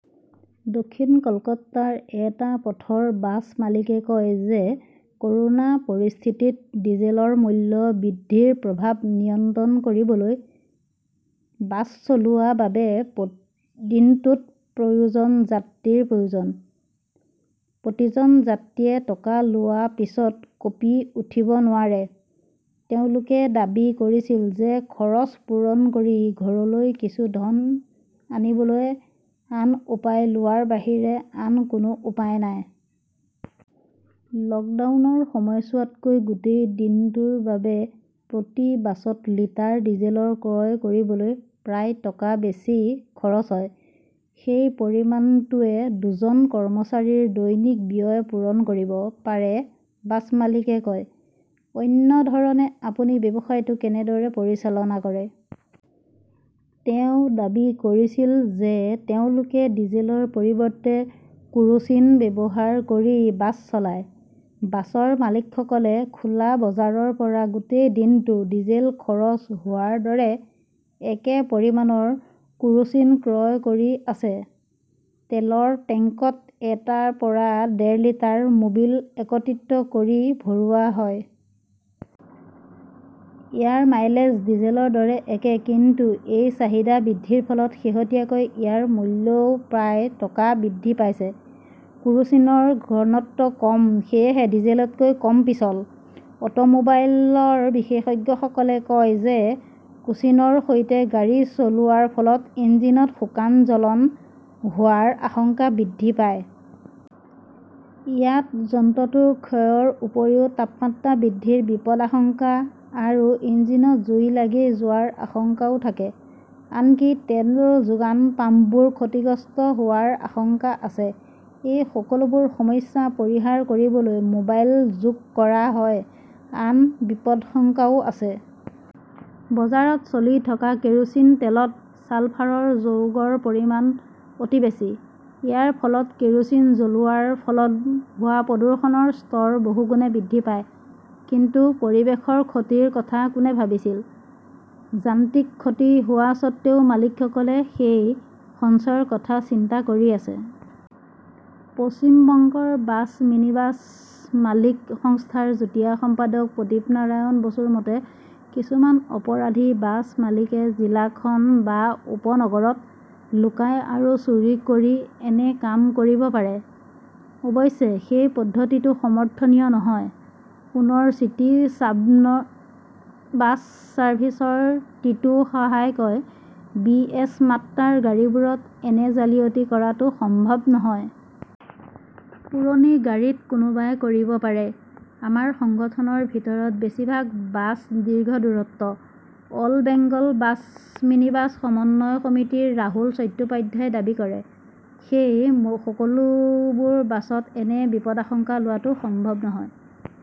দক্ষিণ কলকাতাৰ এটা পথৰ বাছ মালিকে কয় যে কৰোনা পৰিস্থিতিত ডিজেলৰ মূল্য বৃদ্ধিৰ প্ৰভাৱ নিয়ন্ত্ৰণ কৰিবলৈ বাছ চলোৱাৰ বাবে দিনটোত প্ৰায়জন যাত্ৰীৰ প্ৰয়োজন। প্ৰতিজন যাত্ৰীয়ে টকা লোৱাৰ পিছতো কঁপি উঠিব নোৱাৰে। তেওঁলোকে দাবী কৰিছিল যে খৰচ পূৰণ কৰি ঘৰলৈ কিছু ধন আনিবলৈ আন উপায় লোৱাৰ বাহিৰে কোনো উপায় নাই। লকডাউনৰ সময়ছোৱাতকৈ গোটেই দিনটোৰ বাবে প্ৰতি বাছত লিটাৰ ডিজেল ক্ৰয় কৰিবলৈ প্ৰায় টকা বেছি খৰচ হয়। সেই পৰিমাণটোৱে দুজন কৰ্মচাৰীৰ দৈনিক ব্যয় পূৰণ কৰিব পাৰে বাছ মালিকে কয়। অন্য ধৰণে আপুনি ব্যৱসায়টো কেনেদৰে পৰিচালনা কৰে? তেওঁ দাবী কৰিছিল যে তেওঁলোকে ডিজেলৰ পৰিৱৰ্তে কেৰোচিন ব্যৱহাৰ কৰি বাছ চলায়। বাছৰ মালিকসকলে খোলা বজাৰৰ পৰা গোটেই দিনটো ডিজেল খৰচ হোৱাৰ দৰে একে পৰিমাণৰ কেৰোচিন ক্ৰয় কৰি আছে। তেলৰ টেংকত এটাৰ পৰা ডেৰ লিটাৰ মোবিল একত্ৰিত কৰি ভৰোৱা হয়। ইয়াৰ মাইলেজ ডিজেলৰ দৰে একে। কিন্তু এই চাহিদা বৃদ্ধিৰ ফলত শেহতীয়াকৈ ইয়াৰ মূল্যও প্ৰায় টকা বৃদ্ধি পাইছে। কেৰোচিনৰ ঘনত্ব কম। সেয়েহে ডিজেলতকৈ কম পিচল। অটোমোবাইল বিশেষজ্ঞসকলে কয় যে কেৰোচিনৰ সৈতে গাড়ী চলোৱাৰ ফলত ইঞ্জিনত শুকান জ্বলন হোৱাৰ আশংকা বৃদ্ধি পায়। ইয়াত যন্ত্ৰটোৰ ক্ষয়ৰ উপৰিও তাপমাত্ৰা বৃদ্ধিৰ বিপদাশংকা আৰু ইঞ্জিনত জুই লাগি যোৱাৰ আশংকাও থাকে। আনকি তেল যোগান পাম্পবোৰো ক্ষতিগ্ৰস্ত হোৱাৰ আশংকা আছে। এই সকলোবোৰ সমস্যা পৰিহাৰ কৰিবলৈ মোবাইল যোগ কৰা হয়। আন বিপদাশংকাও আছে। বজাৰত চলি থকা কেৰোচিন তেলত ছালফাৰ যৌগৰ পৰিমাণ অতি বেছি। ইয়াৰ ফলত কেৰোচিন জ্বলোৱাৰ ফলত হোৱা প্ৰদূষণৰ স্তৰ বহুগুণে বৃদ্ধি পায়। কিন্তু পৰিৱেশৰ ক্ষতিৰ কথা কোনে ভাবিছিল ?যান্ত্ৰিক ক্ষতি হোৱাৰ স্বত্ত্বেও মালিকসকলে সেই সঞ্চয়ৰ কথা চিন্তা কৰি আছে। পশ্চিম বংগৰ বাছ-মিনিবাছ মালিক সংস্থাৰ যুটীয়া সম্পাদক প্ৰদীপনাৰায়ণ বসুৰ মতে, কিছুমান অপৰাধী বাছ মালিকে জিলাখন বা উপনগৰত লুকাই আৰু চুৰি কৰি এনে কাম কৰিব পাৰে। অৱশ্যে সেই পদ্ধতিটো সমৰ্থনীয় নহয়। পুনৰ চিটি ছাবৰ্ণ বাছ ছাৰ্ভিচৰ টিটু সাহাই কয় বিএছ- মাত্ৰাৰ গাড়ীবোৰত এনে জালিয়াতি কৰাটো সম্ভৱ নহয়। পুৰণি গাড়ীত কোনোবাই কৰিব পাৰে। আমাৰ সংগঠনৰ ভিতৰত বেছিভাগ বাছ দীৰ্ঘ দূৰত্বৰ ,অল বেংগল বাছ মিনিবাছ সমন্বয় সমিতিৰ ৰাহুল চট্টোপাধ্যায়ই দাবী কৰে। সেই সকলোবোৰ বাছত এনে বিপদাশংকা লোৱাটো সম্ভৱ নহয়।